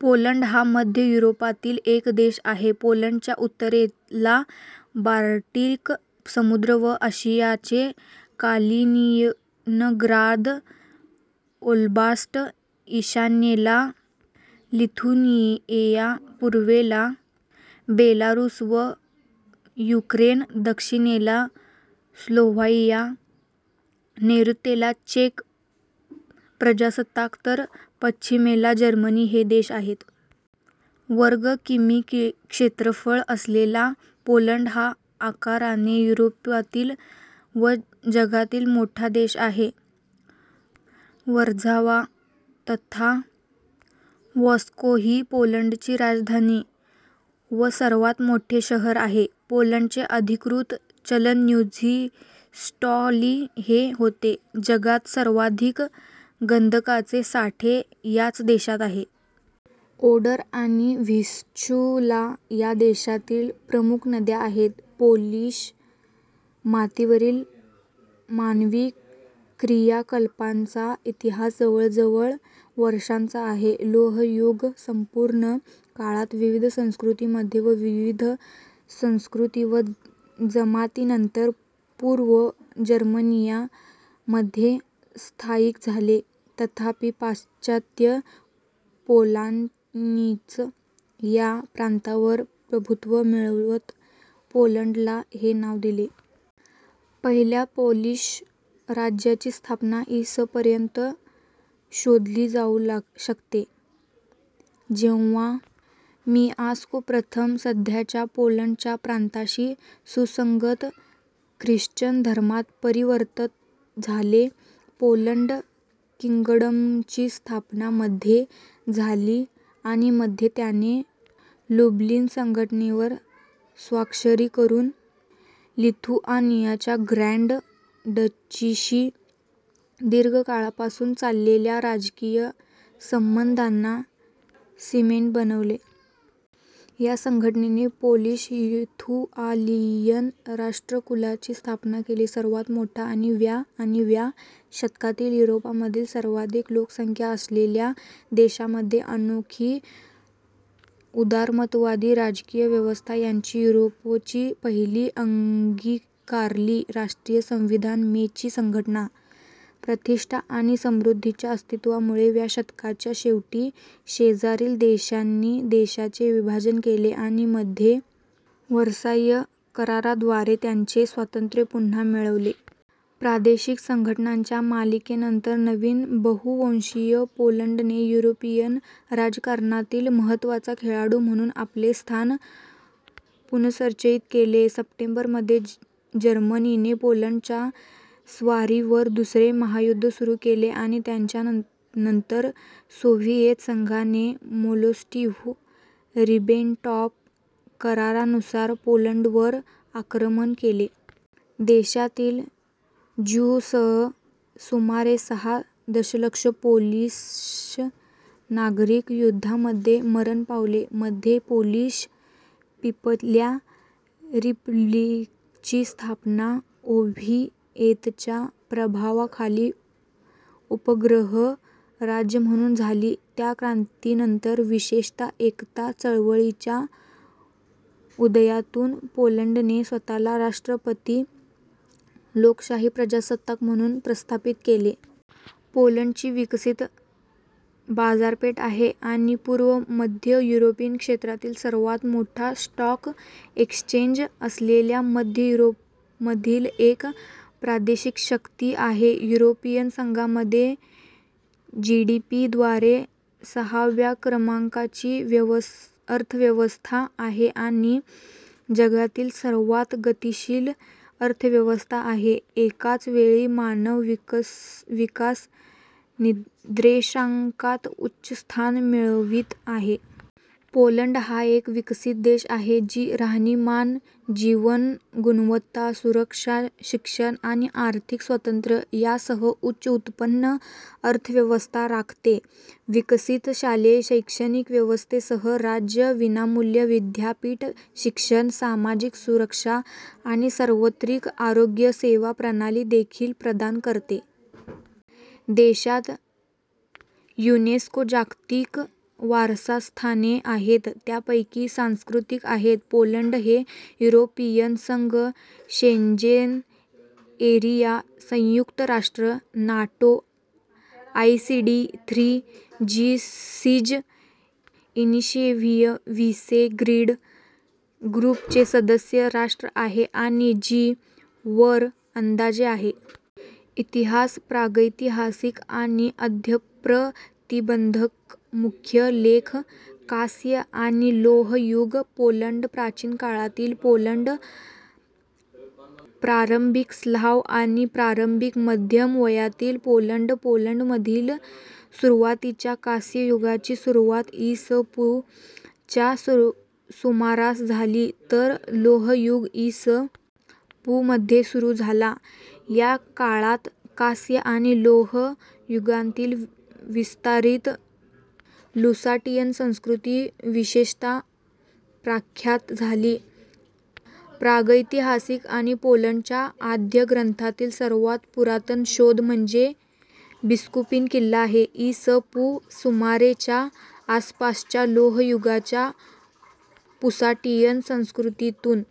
Poland हा मध्य युरोपातील एक देश आहे. पोलंडच्या उत्तरेला बाल्टिक समुद्र व रशियाचे कालिनिनग्राद ओब्लास्ट, ईशान्येला लिथुएनिया, पूर्वेला बेलारूस व युक्रेन, दक्षिणेला स्लोव्हाकिया, नैऋत्येला चेक प्रजासत्ताक तर पश्चिमेला जर्मनी हे देश आहेत. वर्ग किमी क्षेत्रफळ असलेला पोलंड हा आकाराने युरोपातील व जगातील मोठा देश आहे. वर्झावा तथा वॉर्सो ही पोलंडची राजधानी व सर्वात मोठे शहर आहे. पोलंडचे अधिकृत चलन न्यु झ्लॅाटी हे होते. जगात सर्वाधिक गंधकाचे साठे याच देशात आहे. ओडर आणि व्हिस्चुला या देशातील प्रमुख नद्या आहेत. पोलिश मातीवरील मानवी क्रियाकलापांचा इतिहास जवळजवळ वर्षांचा आहे. लोहयुग संपूर्ण काळात विविध संस्कृतींमध्ये व विविध संस्कृती व जमाती नंतर पूर्व जर्मनिया मध्ये स्थायिक झाले. तथापि, पाश्चात्य पोलांनीच या प्रांतावर प्रभुत्व मिळवत पोलंडला हे नाव दिले. पहिल्या पोलिश राज्याची स्थापना इ. स. पर्यंत शोधली जाऊ शकते, जेव्हा मिआस्को प्रथम, सध्याच्या पोलंडच्या प्रांताशी सुसंगत ख्रिश्चन धर्मात परिवर्तित झाले. पोलंड किंगडमची स्थापना मध्ये झाली आणि मध्ये त्याने लुब्लिन संघटनेवर स्वाक्षरी करून लिथुआनियाच्या ग्रँड डचीशी दीर्घकाळपासून चाललेल्या राजकीय संबंधांना सिमेंट बनविले. या संघटनेने पोलिश लिथुआनियन राष्ट्रकुलाची स्थापना केली, सर्वात मोठा आणि व्या आणि व्या शतकातील युरोपमधील सर्वाधिक लोकसंख्या असलेल्या देशांमध्ये, अनोखी उदारमतवादी राजकीय व्यवस्था ज्यांनी युरोपची पहिली अंगीकारली राष्ट्रीय संविधान, मे ची घटना. प्रतिष्ठा आणि समृद्धीच्या अस्तित्वामुळे, व्या शतकाच्या शेवटी शेजारील देशांनी देशाचे विभाजन केले आणि मध्ये व्हर्साय कराराद्वारे त्याचे स्वातंत्र्य पुन्हा मिळवले. प्रादेशिक संघर्षांच्या मालिकेनंतर, नवीन बहु-वंशीय पोलंडने युरोपियन राजकारणातील महत्त्वाचा खेळाडू म्हणून आपले स्थान पुनर्संचयित केले. सप्टेंबर मध्ये जर्मनीने पोलंडच्या स्वारीवर दुसरे महायुद्ध सुरू केले आणि त्यानंतर सोव्हिएत संघाने मोलोटोव्ह – रिबेंट्रॉप करारानुसार पोलंडवर आक्रमण केले. देशातील ज्यूंसह सुमारे सहा दशलक्ष पोलिश नागरिक युद्धामध्ये मरण पावले. मध्ये, पोलिश पीपल्स रिपब्लिकची स्थापना सोव्हिएतच्या प्रभावाखाली उपग्रह राज्य म्हणून झाली. च्या क्रांतीनंतर, विशेषतः एकता चळवळीच्या उदयातून पोलंडने स्वतःला राष्ट्रपती लोकशाही प्रजासत्ताक म्हणून प्रस्थापित केले. ︎ पोलंडची विकसित बाजारपेठ आहे आणि पूर्व मध्य युरोपीय क्षेत्रातील सर्वात मोठा स्टॉक एक्सचेंज असलेल्या मध्य युरोपमधील एक प्रादेशिक शक्ती आहे. युरोपियन संघामध्ये जीडीपी द्वारे सहाव्या क्रमांकाची अर्थव्यवस्था आहे आणि जगातील सर्वात गतीशील अर्थव्यवस्था आहे, एकाच वेळी मानव विकास निर्देशांकात उच्च स्थान मिळवित आहे. पोलंड हा एक विकसित देश आहे, जी राहणीमान, जीवन गुणवत्ता, सुरक्षा, शिक्षण आणि आर्थिक स्वातंत्र्य यासह उच्च-उत्पन्न-अर्थव्यवस्था राखते. विकसित शालेय शैक्षणिक व्यवस्थेसह, राज्य विनामूल्य विद्यापीठ शिक्षण, सामाजिक सुरक्षा आणि सार्वत्रिक आरोग्य सेवा प्रणाली देखील प्रदान करते. देशात युनेस्को जागतिक वारसास्थाने आहेत, त्यापैकी सांस्कृतिक आहेत. पोलंड हे युरोपियन संघ, शेंजेन एरिया, संयुक्त राष्ट्र, NATO, OECD, Three Seas Initiative, Visegrad ग्रुपचे सदस्य राष्ट्र आहे आणि जी - वर अंदाजे आहे. इतिहास प्रागैतिहासिक आणि आद्यप्रतिबंधकमुख्य लेखः कांस्य- आणि लोह-युग पोलंड, प्राचीन काळातील पोलंड, प्रारंभिक स्लाव्ह आणि प्रारंभिक मध्यम वयातील पोलंड. पोलंडमधील सुरुवातीच्या कांस्ययुगाची सुरुवात इ. स. पू. च्या सुमारास झाली, तर लोहयुग इ. स. पू. मध्ये सुरू झाला. या काळात, कांस्य आणि लोह युगांतील विस्तारित लुसाटियन संस्कृती विशेषतः प्रख्यात झाली. प्रागैतिहासिक आणि पोलंडच्या आद्य ग्रंथातील सर्वात पुरातन शोध म्हणजे बिस्कूपिन किल्ला आहे, इ. स. पू. सुमारे च्या आसपासच्या लोहयुगाच्या लुसाटियन संस्कृतीतून.